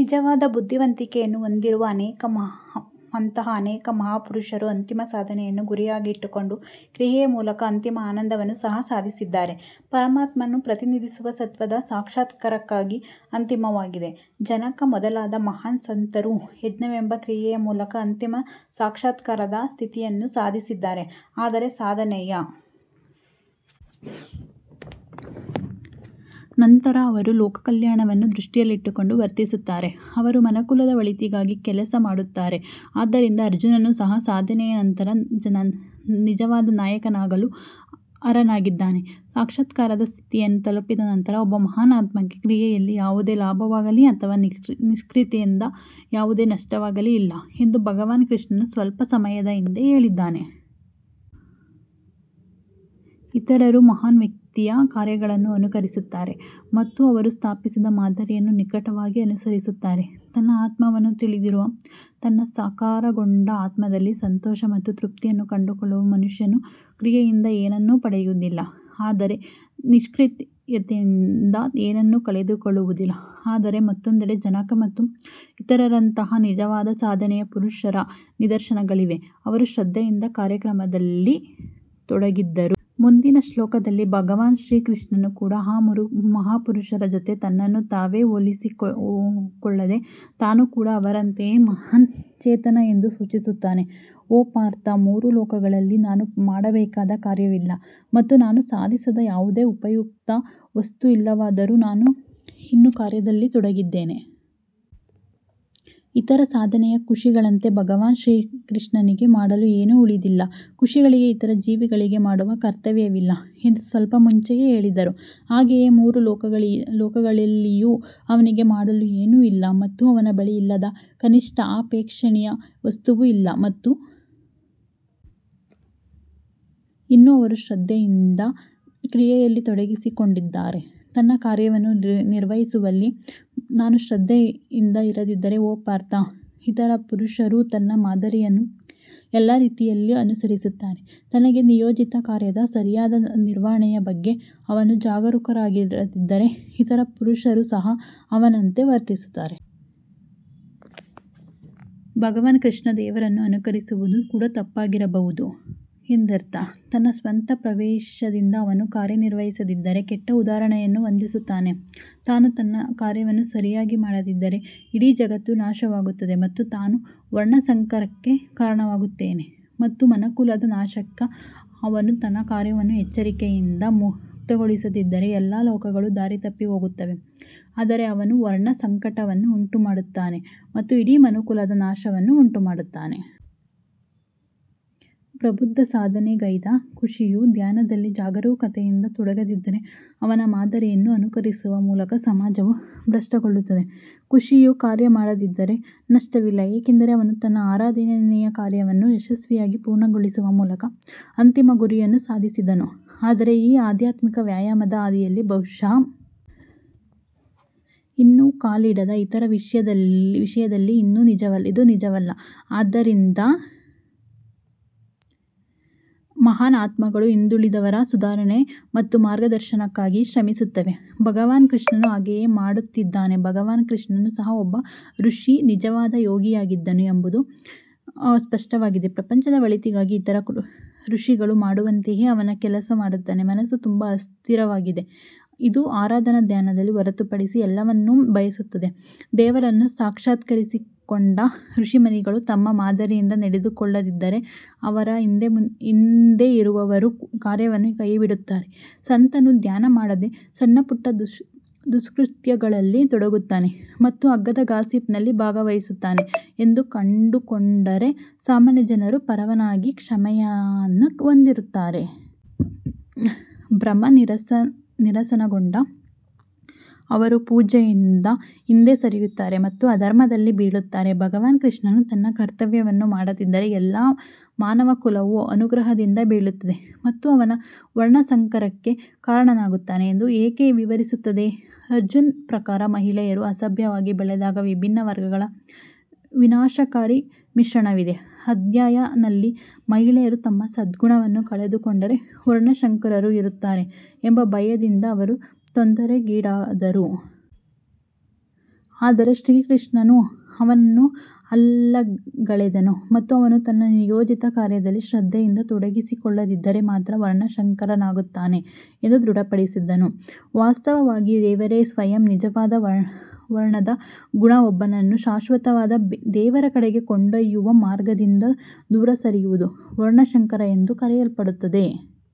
ನಿಜವಾದ ಬುದ್ಧಿವಂತಿಕೆಯನ್ನು ಹೊಂದಿರುವ ಅಂತಹ ಅನೇಕ ಮಹಾಪುರುಷರು ಅಂತಿಮ ಸಾಧನೆಯನ್ನು ಗುರಿಯಾಗಿಟ್ಟುಕೊಂಡು ಕ್ರಿಯೆಯ ಮೂಲಕ ಅಂತಿಮ ಆನಂದವನ್ನು ಸಹ ಸಾಧಿಸಿದ್ದಾರೆ. ಪರಮಾತ್ಮನು ಪ್ರತಿನಿಧಿಸುವ ಸತ್ವದ ಸಾಕ್ಷಾತ್ಕಾರಕ್ಕಾಗಿ ಅಂತಿಮವಾಗಿದೆ ಜನಕ ಮೊದಲಾದ ಮಹಾನ್ ಸಂತರು ಯಜ್ಞವೆಂಬ ಕ್ರಿಯೆಯ ಮೂಲಕ ಅಂತಿಮ ಸಾಕ್ಷಾತ್ಕಾರದ ಸ್ಥಿತಿಯನ್ನು ಸಾಧಿಸಿದ್ದಾರೆ. ಆದರೆ ಸಾಧನೆಯ ನಂತರ ಅವರು ಲೋಕಕಲ್ಯಾಣವನ್ನು ದೃಷ್ಟಿಯಲ್ಲಿಟ್ಟುಕೊಂಡು ವರ್ತಿಸುತ್ತಾರೆ ಅವರು ಮನುಕುಲದ ಒಳಿತಿಗಾಗಿ ಕೆಲಸ ಮಾಡುತ್ತಾರೆ ಆದ್ದರಿಂದ ಅರ್ಜುನನು ಸಹ ಸಾಧನೆಯ ನಂತರ ಜನರ ನಿಜವಾದ ನಾಯಕನಾಗಲು ಅರ್ಹನಾಗಿದ್ದಾನೆ ಸಾಕ್ಷಾತ್ಕಾರದ ಸ್ಥಿತಿಯನ್ನು ತಲುಪಿದ ನಂತರ ಒಬ್ಬ ಮಹಾನ್ ಆತ್ಮಕ್ಕೆ ಕ್ರಿಯೆಯಲ್ಲಿ ಯಾವುದೇ ಲಾಭವಾಗಲೀ ಅಥವಾ ನಿಷ್ಕ್ರಿಯತೆಯಿಂದ ಯಾವುದೇ ನಷ್ಟವಾಗಲೀ ಇಲ್ಲ ಎಂದು ಭಗವಾನ್ ಕೃಷ್ಣನು ಸ್ವಲ್ಪ ಸಮಯದ ಹಿಂದೆ ಹೇಳಿದ್ದಾನೆ. ಇತರರು ಮಹಾನ್ ವ್ಯಕ್ತಿಯ ಕಾರ್ಯಗಳನ್ನು ಅನುಕರಿಸುತ್ತಾರೆ ಮತ್ತು ಅವರು ಸ್ಥಾಪಿಸಿದ ಮಾದರಿಯನ್ನು ನಿಕಟವಾಗಿ ಅನುಸರಿಸುತ್ತಾರೆ ತನ್ನ ಆತ್ಮವನ್ನು ತಿಳಿದಿರುವ ಮತ್ತು ತನ್ನ ಸಾಕಾರಗೊಂಡ ಆತ್ಮದಲ್ಲಿ ಸಂತೋಷ ಮತ್ತು ತೃಪ್ತಿಯನ್ನು ಕಂಡುಕೊಳ್ಳುವ ಮನುಷ್ಯನು ಕ್ರಿಯೆಯಿಂದ ಏನನ್ನೂ ಪಡೆಯುವುದಿಲ್ಲ ಅಥವಾ ನಿಷ್ಕ್ರಿಯತೆಯಿಂದ ಏನನ್ನೂ ಕಳೆದುಕೊಳ್ಳುವುದಿಲ್ಲ. ಆದರೆ ಮತ್ತೊಂದೆಡೆ, ಜನಕ ಮತ್ತು ಇತರರಂತಹ ನಿಜವಾದ ಸಾಧನೆಯ ಪುರುಷರ ನಿದರ್ಶನಗಳಿವೆ, ಅವರು ಶ್ರದ್ಧೆಯಿಂದ ಕಾರ್ಯದಲ್ಲಿ ತೊಡಗಿದ್ದರು. ಮುಂದಿನ ಶ್ಲೋಕದಲ್ಲಿ ಭಗವಾನ್ ಶ್ರೀಕೃಷ್ಣನು ಕೂಡ ಆ ಮಹಾಪುರುಷರ ಜೊತೆ ತನ್ನನ್ನು ತಾವೇ ಹೋಲಿಸಿಕೊಳ್ಳದೆ ನಾನು ಕೂಡ ಅವರಂತೆಯೇ ಮಹಾನ್ ಚೇತನ ಎಂದು ಸೂಚಿಸುತ್ತಾನೆ. ಓ ಪಾರ್ಥ್ ಮೂರು ಲೋಕಗಳಲ್ಲಿ ನಾನು ಮಾಡಬೇಕಾದ ಕಾರ್ಯವಿಲ್ಲ ಮತ್ತು ನಾನು ಸಾಧಿಸದ ಯಾವುದೇ ಉಪಯುಕ್ತ ವಸ್ತು ಇಲ್ಲವಾದರೂ ನಾನು ಇನ್ನೂ ಕಾರ್ಯದಲ್ಲಿ ತೊಡಗಿದ್ದೇನೆ. ಇತರ ಸಾಧನೆಯ ಋಷಿಗಳಂತೆ ಭಗವಾನ್ ಶ್ರೀಕೃಷ್ಣನಿಗೆ ಮಾಡಲು ಏನೂ ಉಳಿದಿಲ್ಲ ಋಷಿಗಳಿಗೆ ಇತರ ಜೀವಿಗಳಿಗೆ ಮಾಡುವ ಕರ್ತವ್ಯವಿಲ್ಲ ಎಂದು ಸ್ವಲ್ಪ ಮುಂಚೆಯೇ ಹೇಳಿದರು ಹಾಗೆಯೇ ಮೂರು ಲೋಕಗಳಲ್ಲಿಯೂ ಅವನಿಗೆ ಮಾಡಲು ಏನೂ ಇಲ್ಲ ಮತ್ತು ಅವನ ಬಳಿ ಇಲ್ಲದ ಕನಿಷ್ಠ ಅಪೇಕ್ಷಣೀಯ ವಸ್ತುವೂ ಇಲ್ಲ. ಮತ್ತು ಇನ್ನೂ ಅವರು ಶ್ರದ್ಧೆಯಿಂದ ಕ್ರಿಯೆಯಲ್ಲಿ ತೊಡಗಿಸಿಕೊಂಡಿದ್ದಾರೆ ನನ್ನ ಕಾರ್ಯವನ್ನು ನಿರ್ವಹಿಸುವಲ್ಲಿ ನಾನು ಶ್ರದ್ಧೆಯಿಂದ ಇರದಿದ್ದರೆ ಓ ಪಾರ್ಥ್ ಇತರ ಪುರುಷರು ನನ್ನ ಮಾದರಿಯನ್ನು ಎಲ್ಲಾ ರೀತಿಯಲ್ಲಿ ಅನುಸರಿಸುತ್ತಾರೆ ತನಗೆ ನಿಯೋಜಿತ ಕಾರ್ಯದ ಸರಿಯಾದ ನಿರ್ವಹಣೆಯ ಬಗ್ಗೆ ಅವನು ಜಾಗರೂಕರಾಗಿರದಿದ್ದರೆ ಇತರ ಪುರುಷರು ಸಹ ಅವನಂತೆ ವರ್ತಿಸುತ್ತಾರೆ ಭಗವಾನ್ ಕೃಷ್ಣ ದೇವರನ್ನು ಅನುಕರಿಸುವುದು ಕೂಡ ತಪ್ಪಾಗಿರಬಹುದು ಎಂದರ್ಥ ತನ್ನ ಸ್ವಂತ ಪ್ರವೇಶದಿಂದ ಅವನು ಕಾರ್ಯನಿರ್ವಹಿಸದಿದ್ದರೆ ಕೆಟ್ಟ ಉದಾಹರಣೆಯನ್ನು ಹೊಂದಿಸುತ್ತಾನೆ ನಾನು ನನ್ನ ಕಾರ್ಯವನ್ನು ಸರಿಯಾಗಿ ಮಾಡದಿದ್ದರೆ ಇಡೀ ಜಗತ್ತು ನಾಶವಾಗುತ್ತದೆ ಮತ್ತು ನಾನು ವರ್ಣಸಂಕರಕ್ಕೆ ಕಾರಣವಾಗುತ್ತೇನೆ ಮತ್ತು ಮನುಕುಲದ ನಾಶಕ ಅವನು ತನ್ನ ಕಾರ್ಯವನ್ನು ಎಚ್ಚರಿಕೆಯಿಂದ ಮುಕ್ತಗೊಳಿಸದಿದ್ದರೆ, ಎಲ್ಲಾ ಲೋಕಗಳು ದಾರಿತಪ್ಪಿ ಹೋಗುತ್ತವೆ, ಆದರೆ ಅವನು ವರ್ಣಸಂಕಟವನ್ನು ಉಂಟುಮಾಡುತ್ತಾನೆ ಮತ್ತು ಇಡೀ ಮನುಕುಲದ ನಾಶವನ್ನು ಉಂಟುಮಾಡುತ್ತಾನೆ. ಪ್ರಬುದ್ಧ ಸಾಧನೆಗೈದ ಋಷಿಯು ಧ್ಯಾನದಲ್ಲಿ ಜಾಗರೂಕತೆಯಿಂದ ತೊಡಗದಿದ್ದರೆ ಅವನ ಮಾದರಿಯನ್ನು ಅನುಕರಿಸುವ ಮೂಲಕ ಸಮಾಜವು ಭ್ರಷ್ಟಗೊಳ್ಳುತ್ತದೆ. ಋಷಿಯು ಕಾರ್ಯ ಮಾಡದಿದ್ದರೆ ನಷ್ಟವಿಲ್ಲ ಏಕೆಂದರೆ ಅವನು ತನ್ನ ಆರಾಧನೆಯ ಕಾರ್ಯವನ್ನು ಯಶಸ್ವಿಯಾಗಿ ಪೂರ್ಣಗೊಳಿಸುವ ಮೂಲಕ ಅಂತಿಮ ಗುರಿಯನ್ನು ಸಾಧಿಸಿದನು. ಆದರೆ ಈ ಆಧ್ಯಾತ್ಮಿಕ ವ್ಯಾಯಾಮದ ಹಾದಿಯಲ್ಲಿ ಬಹುಶಃ ಇನ್ನೂ ಕಾಲಿಡದ ಇತರರ ವಿಷಯದಲ್ಲಿ ಇದು ನಿಜವಲ್ಲ ಆದ್ದರಿಂದ ಮಹಾನ್ ಆತ್ಮಗಳು ಹಿಂದುಳಿದವರ ಸುಧಾರಣೆ ಮತ್ತು ಮಾರ್ಗದರ್ಶನಕ್ಕಾಗಿ ಶ್ರಮಿಸುತ್ತವೆ ಭಗವಾನ್ ಕೃಷ್ಣನು ಹಾಗೆಯೇ ಮಾಡುತ್ತಿದ್ದಾನೆ ಭಗವಾನ್ ಕೃಷ್ಣನು ಸಹ ಒಬ್ಬ ಋಷಿ ನಿಜವಾದ ಯೋಗಿಯಾಗಿದ್ದನು ಎಂಬುದು ಸ್ಪಷ್ಟವಾಗಿದೆ ಪ್ರಪಂಚದ ಒಳಿತಿಗಾಗಿ ಇತರ ಋಷಿಗಳು ಮಾಡುವಂತೆಯೇ ಅವನು ಕೆಲಸ ಮಾಡುತ್ತಾನೆ ಮನಸ್ಸು ತುಂಬಾ ಅಸ್ಥಿರವಾಗಿದೆ ಇದು ಆರಾಧನಾ ಧ್ಯಾನವನ್ನು ಹೊರತುಪಡಿಸಿ ಎಲ್ಲವನ್ನೂ ಬಯಸುತ್ತದೆ ದೇವರನ್ನು ಸಾಕ್ಷಾತ್ಕರಿಸಿಕೊಂಡ ಋಷಿಮುನಿಗಳು ತಮ್ಮ ಮಾದರಿಯಿಂದ ನಡೆದುಕೊಳ್ಳದಿದ್ದರೆ ಅವರ ಹಿಂದೆ ಇರುವವರೂ ಕಾರ್ಯವನ್ನು ಕೈಬಿಡುತ್ತಾರೆ ಸಂತನು ಧ್ಯಾನ ಮಾಡದೆ ಸಣ್ಣಪುಟ್ಟ ದುಷ್ಕೃತ್ಯಗಳಲ್ಲಿ ತೊಡಗುತ್ತಾನೆ ಮತ್ತು ಅಗ್ಗದ ಗಾಸಿಪ್ನಲ್ಲಿ ಭಾಗವಹಿಸುತ್ತಾನೆ ಎಂದು ಕಂಡುಕೊಂಡರೆ ಸಾಮಾನ್ಯ ಜನರು ಪರವಾನಗಿಗಾಗಿ ಕ್ಷಮೆಯನ್ನು ಹೊಂದಿರುತ್ತಾರೆ. ಭ್ರಮನಿರಸನಗೊಂಡ ಅವರು ಪೂಜೆಯಿಂದ ಹಿಂದೆ ಸರಿಯುತ್ತಾರೆ ಮತ್ತು ಅಧರ್ಮದಲ್ಲಿ ಬೀಳುತ್ತಾರೆ ಭಗವಾನ್ ಕೃಷ್ಣನು ತನ್ನ ಕರ್ತವ್ಯವನ್ನು ಮಾಡದಿದ್ದರೆ ಎಲ್ಲಾ ಮಾನವಕುಲವು ಅನುಗ್ರಹದಿಂದ ಬೀಳುತ್ತದೆ ಮತ್ತು ಅವನು ವರ್ಣಸಂಕರಕ್ಕೆ ಕಾರಣನಾಗುತ್ತಾನೆ ಎಂದು ಏಕೆ ವಿವರಿಸುತ್ತದೆ. ಅರ್ಜುನ್ ಪ್ರಕಾರ, ಮಹಿಳೆಯರು ಅಸಭ್ಯವಾಗಿ ಬೆಳೆದಾಗ ವಿಭಿನ್ನ ವರ್ಗಗಳ ವಿನಾಶಕಾರಿ ಮಿಶ್ರಣವಿದೆ ಅಧ್ಯಾಯ ನಲ್ಲಿ ಮಹಿಳೆಯರು ತಮ್ಮ ಸದ್ಗುಣವನ್ನು ಕಳೆದುಕೊಂಡರೆ ವರ್ಣಶಂಕರರು ಇರುತ್ತಾರೆ ಎಂಬ ಭಯದಿಂದ ಅವರು ತೊಂದರೆಗೀಡಾದರು. ಆದರೆ ಶ್ರೀಕೃಷ್ಣನು ಅವನನ್ನು ಅಲ್ಲಗಳೆದನು ಮತ್ತು ಅವನು ತನ್ನ ನಿಯೋಜಿತ ಕಾರ್ಯದಲ್ಲಿ ಶ್ರದ್ಧೆಯಿಂದ ತೊಡಗಿಸಿಕೊಳ್ಳದಿದ್ದರೆ ಮಾತ್ರ ವರ್ಣಶಂಕರನಾಗುತ್ತಾನೆ ಎಂದು ದೃಢಪಡಿಸಿದನು. ವಾಸ್ತವವಾಗಿ ದೇವರೇ ಸ್ವಯಂ ನಿಜವಾದ ವರ್ಣದ ಗುಣ ಒಬ್ಬನನ್ನು ಶಾಶ್ವತವಾದ ದೇವರ ಕಡೆಗೆ ಕೊಂಡೊಯ್ಯುವ ಮಾರ್ಗದಿಂದ ದೂರ ಸರಿಯುವುದು ವರ್ಣಶಂಕರ ಎಂದು ಕರೆಯಲ್ಪಡುತ್ತದೆ.